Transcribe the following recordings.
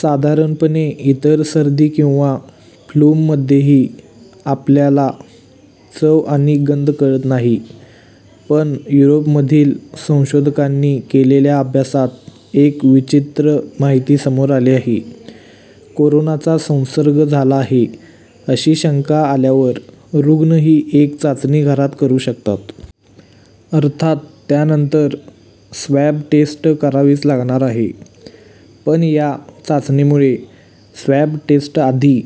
साधारणपणे, इतर सर्दी किंवा फ्लूमध्येही आपल्याला चव आणि गंध कळत नाही. पण युरोपमधील संशोधकांनी केलेल्या अभ्यासात एक विचित्र माहिती समोर आली आहे. कोरोनाचा संसर्ग झाला आहे अशी शंका आल्यावर रुग्ण ही एक चाचणी घरात करू शकतात. अर्थात त्यानंतर स्वॅब टेस्ट करावीच लागणार आहे. पण या चाचणीमुळे स्वॅब टेस्टआधी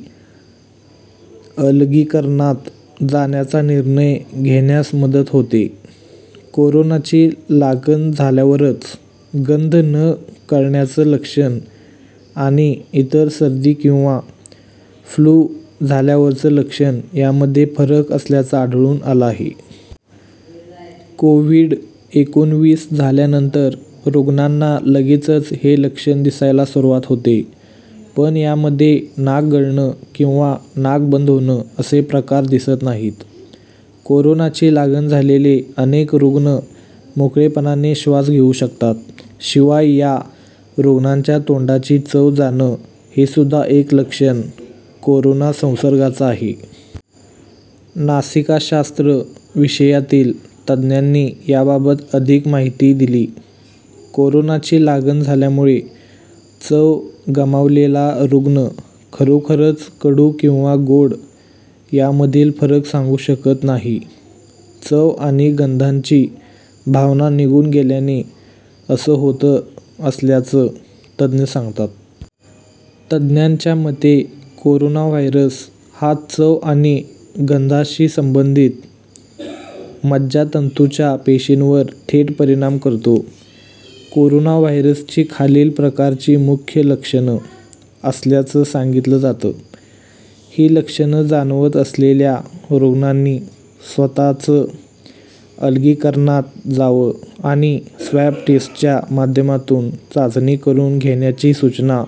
अलगीकरणात जाण्याचा निर्णय घेण्यास मदत होते. कोरोनाची लागण झाल्यावरचं गंध न कळण्याचं लक्षणं आणि इतर सर्दी किंवा फ्लू झाल्यावरचं लक्षण यामध्ये फरक असल्याचं आढळून आलं आहे. कोव्हिड-एकोणविस झाल्यानंतर रुग्णांना लगेचच हे लक्षण दिसायला सुरुवात होते. पण यामध्ये नाक गळणं किंवा नाक बंद होणं असे प्रकार दिसत नाहीत. कोरोनाची लागण झालेले अनेक रुग्ण मोकळेपणाने श्वास घेऊ शकतात. शिवाय या रुग्णांच्या तोंडाची चव जाणं हेसुद्धा एक लक्षण कोरोना संसर्गाचं आहे. नासिकाशास्त्र विषयातील तज्ज्ञांनी याबाबत अधिक माहिती दिली. कोरोनाची लागण झाल्यामुळे चव गमावलेला रुग्ण खरोखरच कडू किंवा गोड यांमधील फरक सांगू शकत नाही. चव आणि गंधाची भावना निघून गेल्याने असं होत असल्याचं तज्ज्ञ सांगतात. तज्ज्ञांच्या मते, कोरोना व्हायरस हा चव आणि गंधाशी संबंधित मज्जातंतूच्या पेशींवर थेट परिणाम करतो. कोरोना व्हायरसची खालील प्रकारची मुख्य लक्षणं असल्याचं सांगितलं जातं. ही लक्षणं जाणवत असलेल्या रुग्णांनी स्वतःच अलगीकरणात जावं आणि स्वॅब टेस्टच्या माध्यमातून चाचणी करून घेण्याची सूचना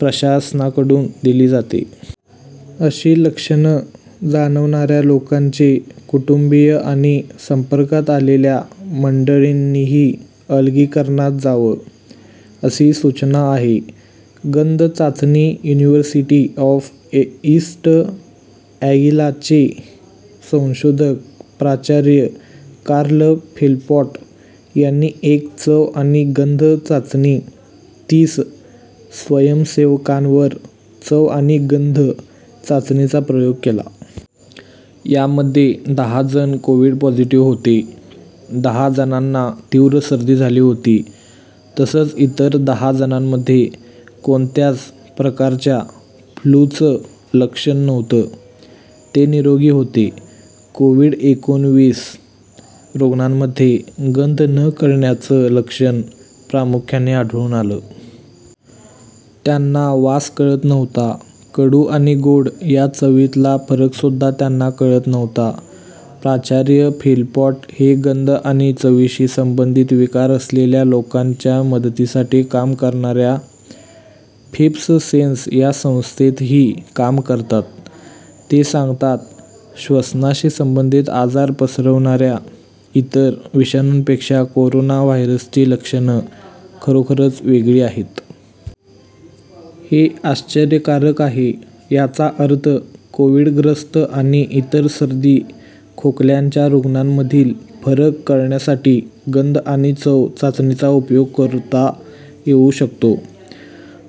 प्रशासनाकडून दिली जाते. अशी लक्षणं जाणवणाऱ्या लोकांचे कुटुंबीय आणि संपर्कात आलेल्या मंडळींनीही अलगीकरणात जावं, असी सूचना आहे. गंध चाचणी युनिव्हर्सिटी ऑफ ईस्ट अँगिलाचे संशोधक प्रा. कार्ल फिलपॉट यांनी एक चव आणि गंध चाचणी तीस स्वयंसेवकांवर चव आणि गंध चाचणीचा प्रयोग केला. यामध्ये दहा जण कोव्हिड पॉझिटिव्ह होते. दहा जणांना तीव्र सर्दी झाली होती तसंच इतर दहा जणांमध्ये कोणत्याच प्रकारच्या फ्लूचं लक्षण नव्हतं. ते निरोगी होते. कोव्हिड-एकोणविस रुग्णांमध्ये गंध न कळण्याचं लक्षण प्रामुख्याने आढळून आलं. त्यांना वास कळत नव्हता. कडू आणि गोड या चवीतला फरकसुद्धा त्यांना कळत नव्हता. प्रा. फिलपॉट हे गंध आणि चवीशी संबंधित विकार असलेल्या लोकांच्या मदतीसाठी काम करणाऱ्या फिफ्थ सेन्स या संस्थेतही काम करतात. ते सांगतात, श्वसनाशी संबंधित आजार पसरवणाऱ्या इतर विषाणूंपेक्षा कोरोना व्हायरसची लक्षणं खरोखरच वेगळी आहेत. हे आश्चर्यकारक आहे. याचा अर्थ कोव्हिडग्रस्त आणि इतर सर्दी खोकल्यांच्या रुग्णांमधील फरक कळण्यासाठी गंध आणि चव चाचणीचा उपयोग करता येऊ शकतो.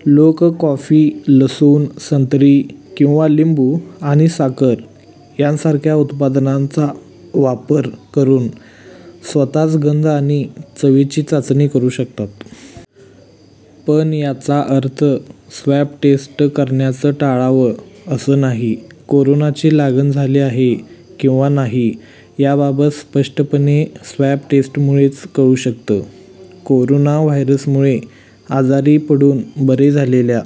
लोक कॉफी, लसूण, संत्री किंवा लिंबू आणि साखर यांसारख्या उत्पादनांचा वापर करून स्वतःच गंध आणि चवीची चाचणी करू शकतात. पण याचा अर्थ स्वॅब टेस्ट करण्याचं टाळावं, असं नाही. कोरोनाची लागण झाली आहे किंवा नाही याबाबत स्पष्टपणे स्वॅब टेस्टमुळेच कळू शकतं. कोरोना व्हायरसमुळे आजारी पडून बरे झालेल्या